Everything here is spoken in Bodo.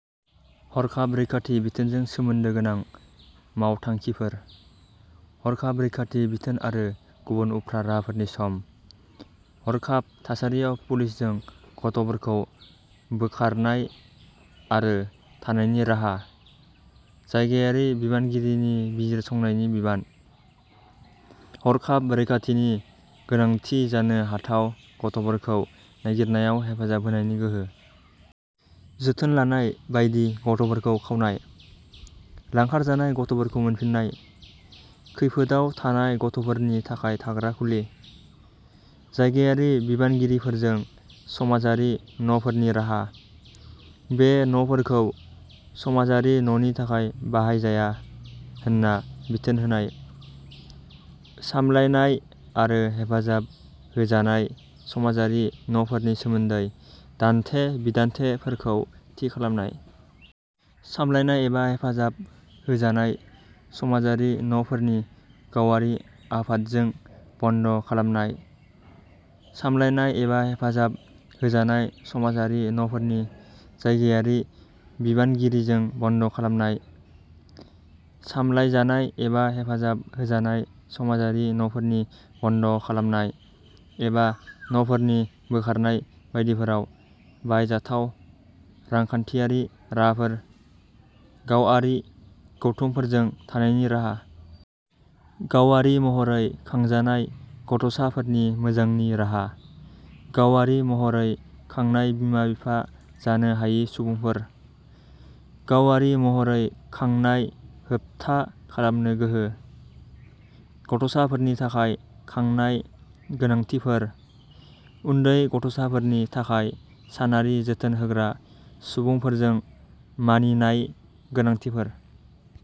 हरखाब रैखाथि बिथोनजों सोमोन्दो गोनां मावथांखिफोर। हरखाब रैखाथि बिथोन आरो गुबुन उफ्रा राहाफोरनि सम। हरखाब थासारियाव पुलिसजों गथ'फोरखौ बोखारनाय आरो थानायनि राहा। जायगायारि बिबानगिरिनि बिजिरसंनायनि बिबान। हरखाब रैखाथिनि गोनांथि जानो हाथाव गथ'फोरखौ नायगिरनायाव हेफाजाब होनायनि गोहो। जोथोन लानाय बायदि गथ'फोरखौ खावनाय। लांखारजानाय गथ'फोरखौ मोनफिननाय। खैफोदाव थानाय गथ'फोरनि थाखाय थाग्रा खुलि। जायगायारि बिबानगिरिफोरजों समाजारि न'फोरनि राहा। बे न'फोरखौ समाजारि न'नि थाखाय बाहायजाया होनना बिथोन होनाय। सामलायनाय आरो हेफाजाब होजानाय समाजारि न'फोरनि सोमोन्दै दान्थे-बिदान्थेफोरखौ थि खालामनाय। सामलायनाय एबा हेफाजाब होजानाय समाजारि न'फोरनि गावआरि आफादजों बन्द'खालामनाय। सामलायनाय एबा हेफाजाब होजानाय समाजारि न'फोरनि जायगायारि बिबानगिरिजों बन्द'खालामनाय। सामलायजानाय एबा हेफाजाब होजानाय समाजारि न'फोरनि बन्द'खालामनाय एबा न'फोरनि बोखारनाय बायदिफोराव बाहायजाथाव रांखान्थियारि राहाफोर। गावआरि गौथुमफोरजों थानायनि राहा। गावारि महरै खांजानाय गथ’ साफोरनि मोजांनि राहा। गावारि महरै खांनाय बिमा-बिफा जानो हायि सुबुंफोर। गावारि महरै खांनाय होबथा खालामनो गोहो। गथ’साफोरनि थाखाय खांनाय गोनांथिफोर। उन्दै गथ’साफोरनि थाखाय सानारि जोथोन होग्रा सुबुंफोरजों मानिनाय गोनांथिफोर।